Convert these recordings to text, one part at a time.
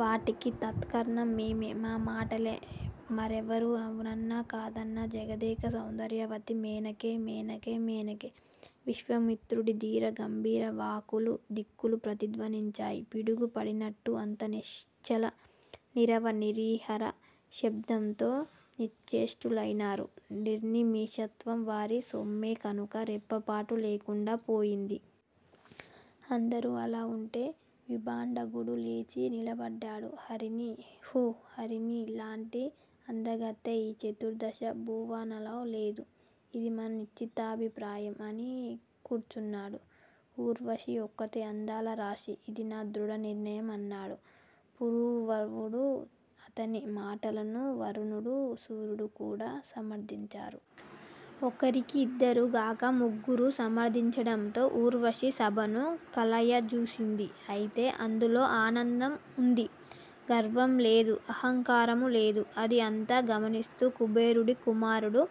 వాటికి తార్కాణం మేమే! మా మాటలే! మరెవరు అవునన్నా కాదన్నా జగదేక సౌందర్యవతి మేనకే! మేనకే! మేనకే!! విశ్వామిత్రుడి ధీర గంభీర వాకులు దిక్కులు ప్రతిధ్వనించాయి. పిడుగు పడినట్టు అంతా నిశ్చల నీరవ నిరీహర నిశ్శబ్దంతో నిశ్చేష్టులయినారు. నిర్నిమేషత్వం వారి సొమ్మే కనుక రెప్పపాటు లేకుండా పోయింది. అందరూ అలా ఉంటే విభాండకుడు లేచి నిలబడ్డాడు. 'హరిణి! హూ! హరిణి లాంటి అందగత్తె ఈ చతుర్ధశ భువనాలలో లేదు! ఇది మా నిశ్చితాభిప్రాయం' అని కూర్చున్నాడు. 'ఊర్వశి ఒక్కతే అందాల రాశి. ఇది నా దృఢ నిర్ణయం' అన్నాడు పురూరవుడు. అతని మాటలను వరుణుడూ, సూర్యుడు కూడా సమర్ధించారు. ఒకరికిద్దరు గాక ముగ్గురు సమర్ధించడంతో ఊర్వశి సభను కలయజూసింది. ఐతే అందులో ఆనందం ఉంది. గర్వం లేదు. అహంకారమూ లేదు. అది అంతా గమనిస్తూ కుబేరుడి కుమారుడు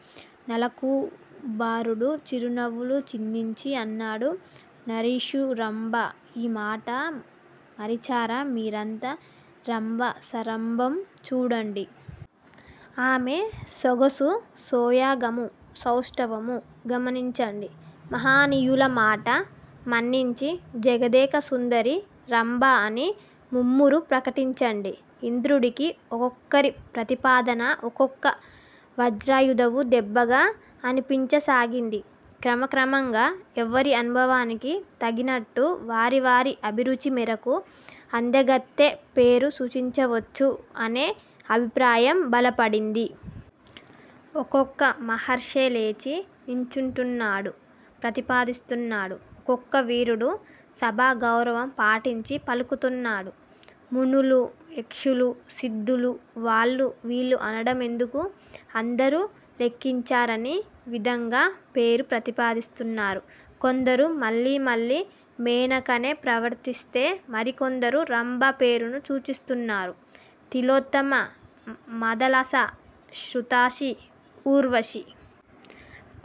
నలకూబరుడు చిరునవ్వులు చిందించి అన్నాడు. 'నారీషు రంభా! ఈ మాట మరిచారా మీరంతా? రంభ సంరంభం చూడండి! ఆమె సొగసు సోయగమూ సౌష్టవమూ గమనించండి. మహనీయుల మాట మన్నించి జగదేక సుందరి రంభ అని ముమ్మారూ ప్రకటించండి! ' ఇంద్రుడికి ఒక్కొక్కరి ప్రతిపాదనా ఒక్కొక్క వజ్రాయుధపు దెబ్బగా అనిపించసాగింది. క్రమ క్రమంగా ఎవరి అనుభవానికి తగినట్టు వారి వారి అభిరుచి మేరకు అందగత్తె పేరు సూచించవచ్చు అనే అభిప్రాయం బలపడింది. ఒక్కొక్క మహర్షే లేచి నించుంటున్నాడు. ప్రతిపాదిస్తున్నాడు. ఒక్కొక్క వీరుడు సభా గౌరవం పాటించి పలుకుతున్నాడు. మునులు-యక్షులు-సిద్ధులు- వాళ్ళు వీళ్ళు అనడం ఎందుకు? అందరూ లెక్కించరాని విధంగా పేరు ప్రతిపాదిస్తున్నారు. కొందరు మళ్ళీ మళ్ళీ మేనకనే ప్రస్తావిస్తే మరికొందరు రంభ పేరును సూచిస్తున్నారు. తిలోత్తమ మదాలస, షృతాచి, ఊర్వశి!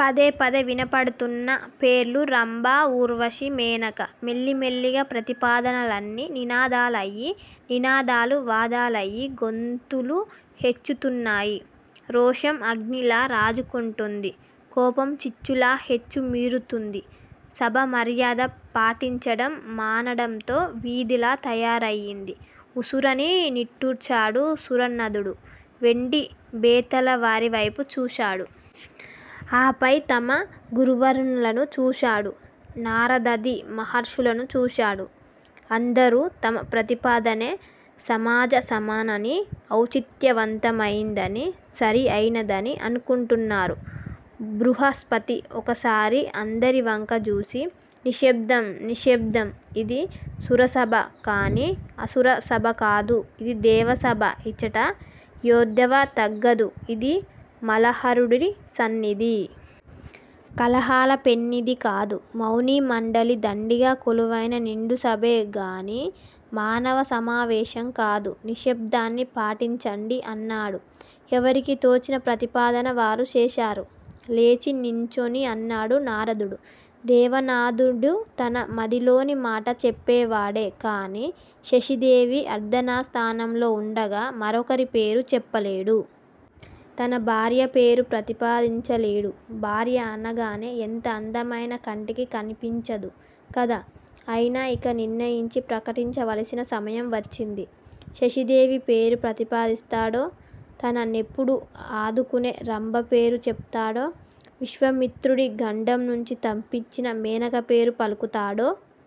పదేపదే వినపడుతున్న పేర్లు రంభ! ఊర్వశి! మేనక! మెలిమెల్లిగా ప్రతిపాదనలన్నీ నినాదాలయ్యి. నినాదాలు వాదాలయ్యి. గొంతులు హెచ్చుతున్నాయి. రోషం అగ్నిలా రాజుకుంటోంది. కోపం చిచ్చులా హెచ్చు మీరుతోంది. సభా మర్యాద పాటించడం మానడంతో వీధిలా తయారయింది. ఉస్సురని నిట్టూర్చాడు సురనాధుడు. వెండి బెత్తాలవారి వైపు చూశాడు. ఆపై తమ గురువర్యులణు చూశాడు. నారదాది మహర్షులను చూశాడు. అందరూ తమ ప్రతిపాదనే సమజసమనీ-ఔచిత్యవంతమయిందనీ. సరి అయినదనీ అనుకుంటున్నారు. బృహస్పతి ఒక్కసారి అందరి వంకా జూసి 'నిశ్శబ్దం! నిశ్శబ్దం! ఇది సురసభ! కానీ అసుర సభ కాదు! ఇది దేవసభ. ఇచట యెద్దేవ తగదు! ఇది మలహరుడి సన్నిధి! కలహాల పెన్నిధి కాదు! మౌని మండలి దండిగా కొలువైన నిండు సభే గానీ మానవ సమావేశం కాదు. నిశ్శబ్దాన్ని పాటించండి' అన్నాడు. 'ఎవరికి తోచిన ప్రతిపాదన వారు చేశారు' లేచి నుంచుని అన్నాడు నారదుడు. 'దేవనాధుడు తన మదిలోని మాట చెప్పేవాడే కానీ శచీదేవి అర్ధాసనంలో ఉండగా మరొకరి పేరు చెప్పలేడు. తన భార్య పేరూ ప్రతిపాదించలేడూ. భార్య అనగానే ఎంత అందమైనా కంటికి కనిపించదు కదా! అయినా ఇక నిర్ణయించి ప్రకటించవలసిన సమయం వచ్చింది. శచీదేవి పేరు ప్రతిపాదిస్తాడో! తన నెప్పుడూ ఆదుకునే రంభ పేరు చెప్తాడో! విశ్వామిత్రుడి గండం నుంచి తప్పించిన మేనక పేరే పలుకుతాడో!